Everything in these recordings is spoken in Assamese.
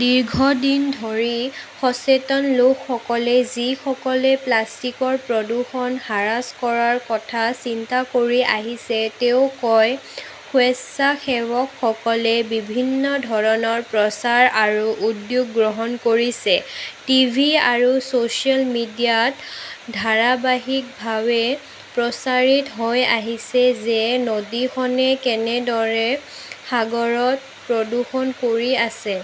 দীৰ্ঘদিন ধৰি সচেতন লোকসকলে যিসকলে প্লাষ্টিকৰ প্ৰদূষণ হ্ৰাস কৰাৰ কথা চিন্তা কৰি আহিছে তেওঁ কয়, স্বেচ্ছাসেৱকসকলে বিভিন্ন ধৰণৰ প্ৰচাৰ আৰু উদ্যোগ গ্ৰহণ কৰিছে। টিভি আৰু ছ চিয়েল মিডিয়াত ধাৰাবাহিকভাৱে প্ৰচাৰিত হৈ আহিছে যে নদীখনে কেনেদৰে সাগৰত প্ৰদূষণ কৰি আছে।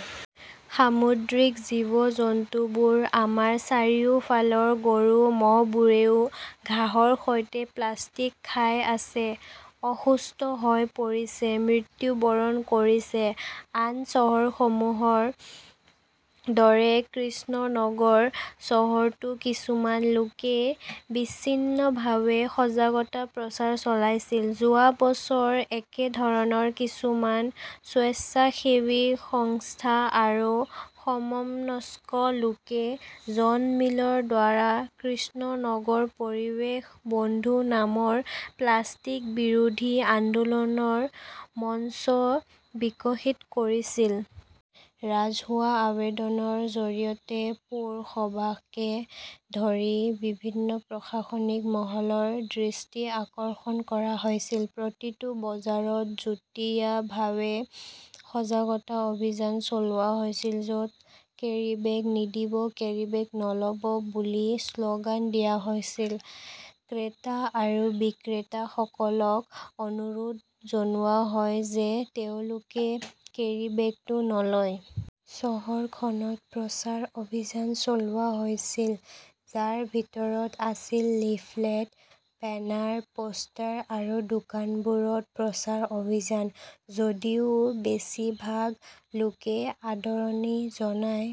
সামুদ্ৰিক জীৱ-জন্তুবোৰ, আমাৰ চাৰিওফালৰ গৰু-ম'হবোৰেও ঘাঁহৰ সৈতে প্লাষ্টিক খাই আছে, অসুস্থ হৈ পৰিছে, মৃত্যুবৰণ কৰিছে। আন চহৰসমূহৰ দৰে কৃষ্ণনগৰ চহৰতো কিছুমান লোকে বিচ্ছিন্নভাৱে সজাগতা প্ৰচাৰ চলাইছিল। যোৱা বছৰ একেধৰণৰ কিছুমান স্বেচ্ছাসেৱী সংস্থা আৰু সমমনস্ক লোকে জন মিলৰ দ্বাৰা 'কৃষ্ণনগৰ পৰিৱেশ বন্ধু নামৰ প্লাষ্টিক বিৰোধী আন্দোলনৰ মঞ্চ বিকশিত কৰিছিল। ৰাজহুৱা আবেদনৰ জৰিয়তে পৌৰসভাকে ধৰি বিভিন্ন প্ৰশাসনিক মহলৰ দৃষ্টি আকৰ্ষণ কৰা হৈছিল। প্ৰতিটো বজাৰত যুটীয়াভাৱে সজাগতা অভিযান চলোৱা হৈছিল, য'ত কেৰীবেগ নিদিব, কেৰীবেগ নলব, বুলি শ্লোগান দিয়া হৈছিল। ক্ৰেতা আৰু বিক্ৰেতাসকলক অনুৰোধ জনোৱা হয় যে তেওঁলোকে কেৰীবেগটো নলয় । চহৰখনত প্ৰচাৰ অভিযান চলোৱা হৈছিল, যাৰ ভিতৰত আছিল লিফলেট, বেনাৰ, পোষ্টাৰ আৰু দোকানবোৰত প্ৰচাৰ অভিযান। যদিও বেছিভাগ লোকে আদৰণি জনায়,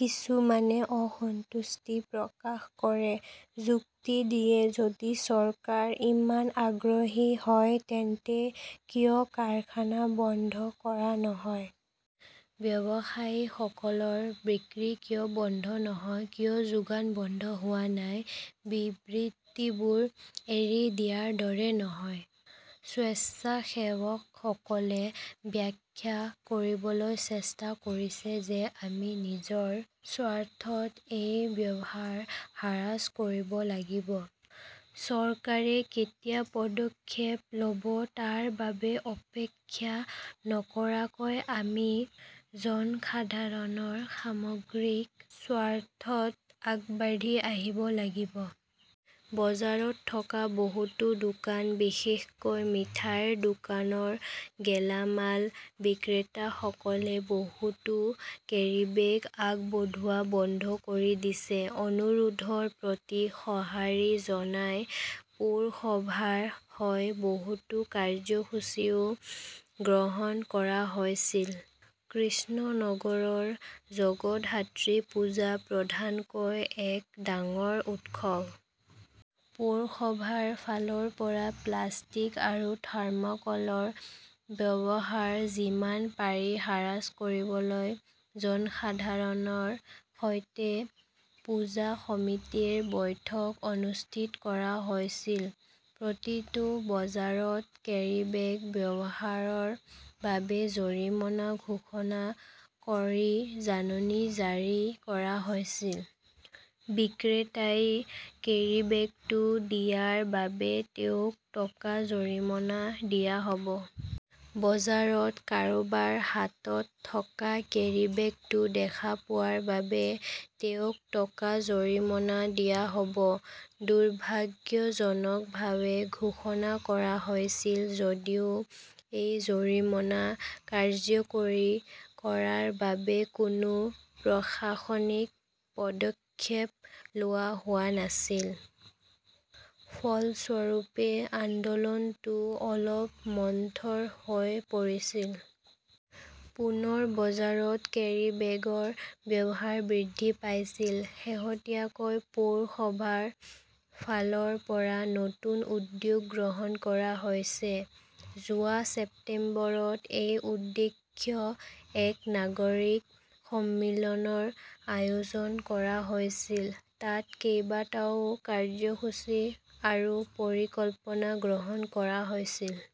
কিছুমানে অসন্তুষ্টি প্ৰকাশ কৰে, যুক্তি দিয়ে, যদি চৰকাৰ ইমান আগ্ৰহী হয় তেন্তে কিয় কাৰখানা বন্ধ কৰা নহয়? ব্যৱসায়ীসকলৰ বিক্ৰী কিয় বন্ধ নহয়? কিয় যোগান বন্ধ হোৱা নাই? বিবৃতিবোৰ এৰি দিয়াৰ দৰে নহয়। স্বেচ্ছাসেৱকসকলে ব্যাখ্যা কৰিবলৈ চেষ্টা কৰিছে যে আমি নিজৰ স্বাৰ্থত এই ব্যৱহাৰ হ্ৰাস কৰিব লাগিব। চৰকাৰে কেতিয়া পদক্ষেপ ল'ব তাৰ বাবে অপেক্ষা নকৰাকৈ আমি জনসাধাৰণৰ সামগ্ৰিক স্বাৰ্থত আগবাঢ়ি আহিব লাগিব। বজাৰত থকা বহুতো দোকান, বিশেষকৈ মিঠাইৰ দোকানৰ গেলামাল বিক্ৰেতাসকলে বহুতো কেৰীবেগ আগবঢ়োৱা বন্ধ কৰি দিছে। অনুৰোধৰ প্ৰতি সঁহাৰি জনাই পৌৰসভাৰ হৈ বহুতো কাৰ্যসূচীও গ্ৰহণ কৰা হৈছিল। কৃষ্ণনগৰৰ জগধাত্ৰী পূজা প্ৰধানকৈ এক ডাঙৰ উৎসৱ। পৌৰসভাৰ ফালৰ পৰা প্লাষ্টিক আৰু থামৰ্কলৰ ব্যৱহাৰ যিমান পাৰি হ্ৰাস কৰিবলৈ জনসাধাৰণৰ সৈতে পূজা সমিতিৰ বৈঠক অনুষ্ঠিত কৰা হৈছিল। প্ৰতিটো বজাৰত কেৰীবেগ ব্যৱহাৰৰ বাবে জৰিমনা ঘোষণা কৰি জাননী জাৰি কৰা হৈছিল। বিক্ৰেতাই কেৰীবেগটো দিয়াৰ বাবে তেওঁক টকা জৰিমনা দিয়া হ'ব। বজাৰত কাৰোবাৰ হাতত থকা কেৰীবেগটো দেখা পোৱাৰ বাবে তেওঁক টকা জৰিমনা দিয়া হ'ব। দুৰ্ভাগ্যজনকভাৱে, ঘোষণা কৰা হৈছিল যদিও এই জৰিমনা কাৰ্যকৰী কৰাৰ বাবে কোনো প্ৰশাসনিক পদক্ষেপ লোৱা হোৱা নাছিল। ফলস্বৰূপে, আন্দোলনটো অলপ মন্থৰ হৈ পৰিছিল। পুনৰ বজাৰত কেৰীবেগৰ ব্যৱহাৰ বৃদ্ধি পাইছিল। শেহতীয়াকৈ পৌৰসভাৰ ফালৰ পৰা নতুন উদ্যোগ গ্ৰহণ কৰা হৈছে। যোৱা ছেপ্টেম্বৰত এই উদ্দেশ্যে এক নাগৰিক সন্মিলনৰ আয়োজন কৰা হৈছিল। তাত কেইবাটাও কাৰ্যসূচী আৰু পৰিকল্পনা গ্ৰহণ কৰা হৈছিল।